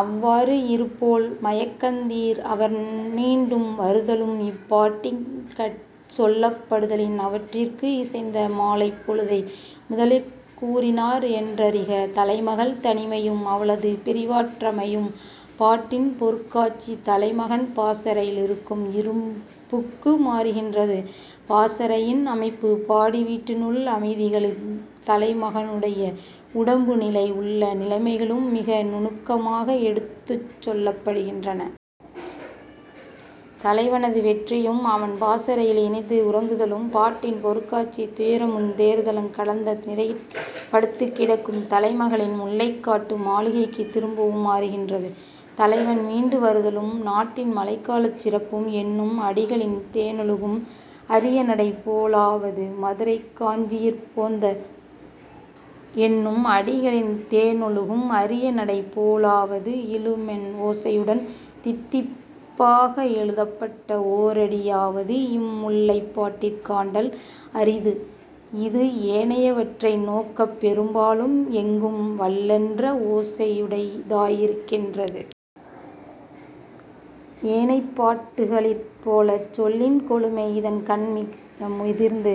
அவ்வாறு இருப்போள் மயக்கந்தீர் அவன் மீண்டும் வருதலும் இப்பாட்டின்கட் சொல்லப்படுதலின், அவற்றிற்கு இசைந்த மாலைப்பொழுதை முதலிற் கூறினார் என்றறிக. தலைமகள் தனிமையும் அவளது பிரிவாற்றமையும் பாட்டின் பொருட்காட்சி தலைமகன் பாசறையிலிருக்கும் இருப்புக்கு மாறுகின்றது; பாசறையின் அமைப்பு பாடிவீட்டினுள் அமைதிகளுந், தலைமகனுடைய உடம்புநிலை உள்ள நிலைகளும் மிக நுணுக்கமாக எடுத்துச் சொல்லப்படுகின்றன. தலைவனது வெற்றியும், அவன் பாசறையில் இனிது உறங்குதலும் பாட்டின் பொருட்காட்சி துயரமுந் தேறுதலுங் கலந்த நிலையிற் படுத்துக் கிடக்குந் தலைமகளின் முல்லைக்காட்டு மாளிகைக்குத் திரும்பவும் மாறுகின்றது. தலைவன் மீண்டு வருதலு, ம், நாட்டின் மழைக்காலச் சிறப்பும் என்னும் அடிகளின் தேனொழுகும் அரியநடை போலாவது, மதுரைக்காஞ்சியிற் போந்த, என்னும் அடிகளின் தேனொழுகும் அரியநடை போலாவது இழுமென் ஓசையுடன் தித்திப்பாக எழுதப்பட்ட ஓரடியாவது இம் முல்லைப்பாட்டிற் காண்டல் அரிது; இ·து ஏனையவற்றை நோக்கப் பெரும்பாலும் எங்கும் வல்லென்ற ஓசையுடையதாயிருக்கின்றது. ஏனைப் பாட்டுகளிற் போலச் சொல்லின் கொழுமை இதன்கண் மிக முதிர்ந்து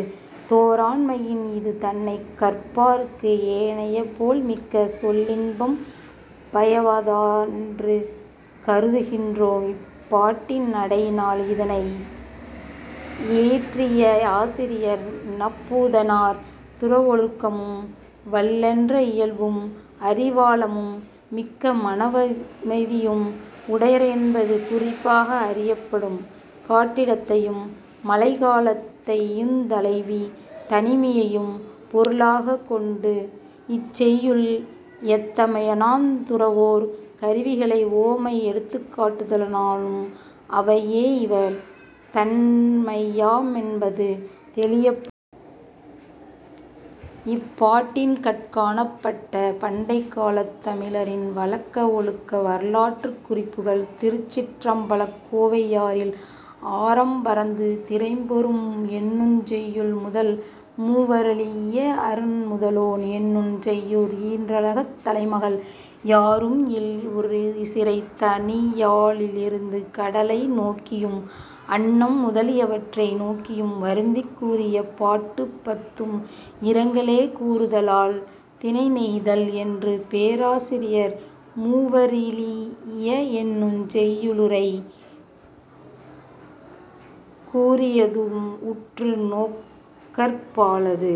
தோன்றாமையின், இது தன்னைக் கற்பார்க்கு ஏனையபோல் மிக்க சொல்லின்பம் பயவாதென்று கருதுகின்றோம். இப்பாட்டின் நடையினால் இதனை யியற்றிய ஆசிரியர் நப்பூதனார் துறவொழுக்கமும், வல்லென்ற இயல்பும், அறிவாழமும், மிக்க மனவமைதியும் உடையரென்பது குறிப்பாக அறியப்படும்; காட்டிடத்தையும், மழை காலத்தையுந், தலைவி தனிமையையும் பொருளாகக் கொண்டு இச்செய்யுள் யத்தமையானுந், துறவோர் கருவிகளை உவமை எடுத்துக்காட்டுதலானும் அவையே இவர் தன்மையாமென்பது தெளியப்படும். இப்பாட்டின்கட் காணப்பட்ட பண்டைக்காலத் தமிழரின் வழக்கவொழுக்க வரலாற்றுக் குறிப்புகள் திருச்சிற்றம்பலக் கோவையாரில், "ஆரம்பரந்து திரைபொரும்" என்னுஞ் செய்யுள்முதல் "மூவறழீஇய அருண்முதலோன்" என்னுஞ் செய்யுள் ஈறாகத் தலைமகள் யாரும் இல் ஒரு சிறைத் தனியளாயிருந்து கடலை நோக்கியும் அன்னம் முதலியவற்றை நோக்கியும் வருந்திக் கூறிய பாட்டுப் பத்தும் இரங்கலே கூறுதலால் 'திணைநெய்தல்' என்று பேராசிரியர் "மூவறழீஇய" என்னுஞ் செய்யுளுரையிற் கூறியதூஉம் உற்று நோக்கற்பாலது.